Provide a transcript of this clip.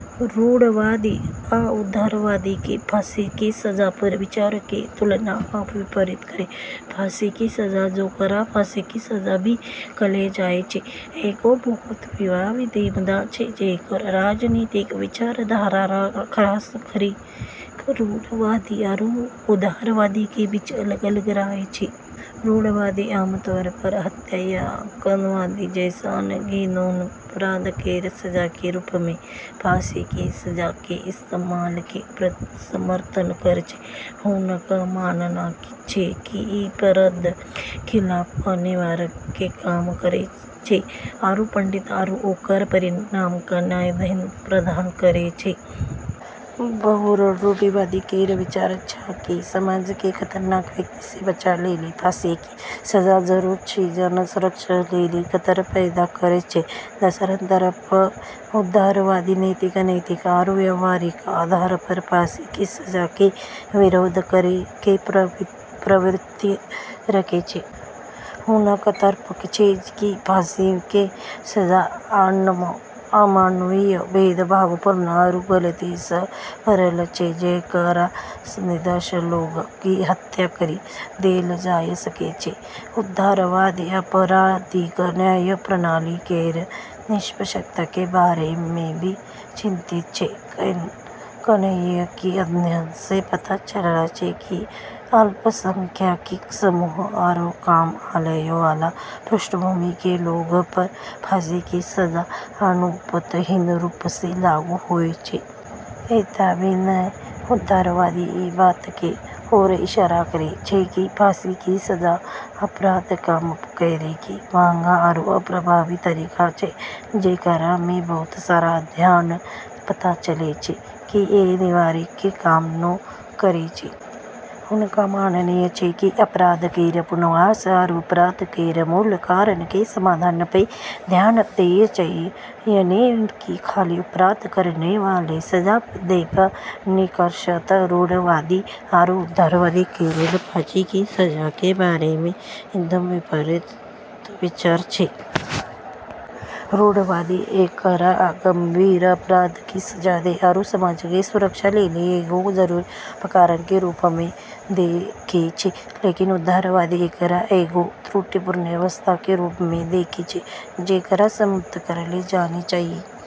रूढ़िवादी आ उदारवादी के फांसी के सजा पर विचार के तुलना आ विपरीत करू। फांसी के सजा, जेकरा फांसी के सजा भी कहलऽ जाय छै, एगो बहुत विवादित मुद्दा छै जेकरऽ राजनीतिक विचारधारा खास करी क॑ रूढ़िवादी आरू उदारवादी के बीच अलग-अलग राय छै। रूढ़िवादी आम तौर पर हत्या या आतंकवाद जैसनऽ घिनौना अपराध केरऽ सजा के रूप म॑ फांसी के सजा के इस्तेमाल के समर्थन करै छै। हुनकऽ मानना छै कि ई अपराध के खिलाफ निवारक के काम करै छै आरू पीड़ित आरू ओकरऽ परिवार क॑ न्याय प्रदान करै छै। बहुत रूढ़िवादी केरऽ विचार छै कि समाज क॑ खतरनाक व्यक्ति स॑ बचाबै लेली फांसी के सजा जरूरी छै जे जन सुरक्षा लेली खतरा पैदा करै छै। दोसरऽ तरफ उदारवादी नैतिक, नैतिक आरू व्यावहारिक आधार प॑ फांसी के सजा के विरोध करै के प्रवृत्ति रखै छै। हुनकऽ तर्क छै कि फांसी के सजा अमानवीय, भेदभावपूर्ण आरू गलती स॑ भरलऽ छै जेकरा स॑ निर्दोष लोगऽ क॑ हत्या करी देलऽ जाय सकै छै। उदारवादी आपराधिक न्याय प्रणाली केरऽ निष्पक्षता के बारे म॑ भी चिंतित छै, कैन्हेंकि अध्ययनऽ स॑ पता चललै छै कि अल्पसंख्यक समूह आरू कम आय वाला पृष्ठभूमि के लोगऽ प॑ फांसी के सजा अनुपातहीन रूप स॑ लागू होय छै। एतबे नै, उदारवादी ई बात के ओर इशारा करै छै कि फांसी के सजा अपराध क॑ कम करै के महंगा आरू अप्रभावी तरीका छै, जेकरा म॑ बहुत सारा अध्ययनऽ स॑ पता चलै छै कि ई निवारक के काम नै करै छै। हुनकऽ मानना छै कि अपराध केरऽ पुनर्वास आरू अपराध केरऽ मूल कारणऽ के समाधान प॑ ध्यान देना चाहियऽ, नै कि खाली अपराध करै वाला क॑ सजा दै प॑। निष्कर्षतः रूढ़िवादी आरू उदारवादी केरऽ फांसी के सजा के बारे म॑ एकदम विपरीत विचार छै। रूढ़िवादी एकरा गंभीर अपराध क॑ सजा दै आरू समाज के सुरक्षा लेली एगो जरूरी उपकरण के रूप म॑ देखै छै, लेकिन उदारवादी एकरा एगो त्रुटिपूर्ण व्यवस्था के रूप म॑ देखै छै जेकरा समाप्त करलऽ जाना चाहियऽ।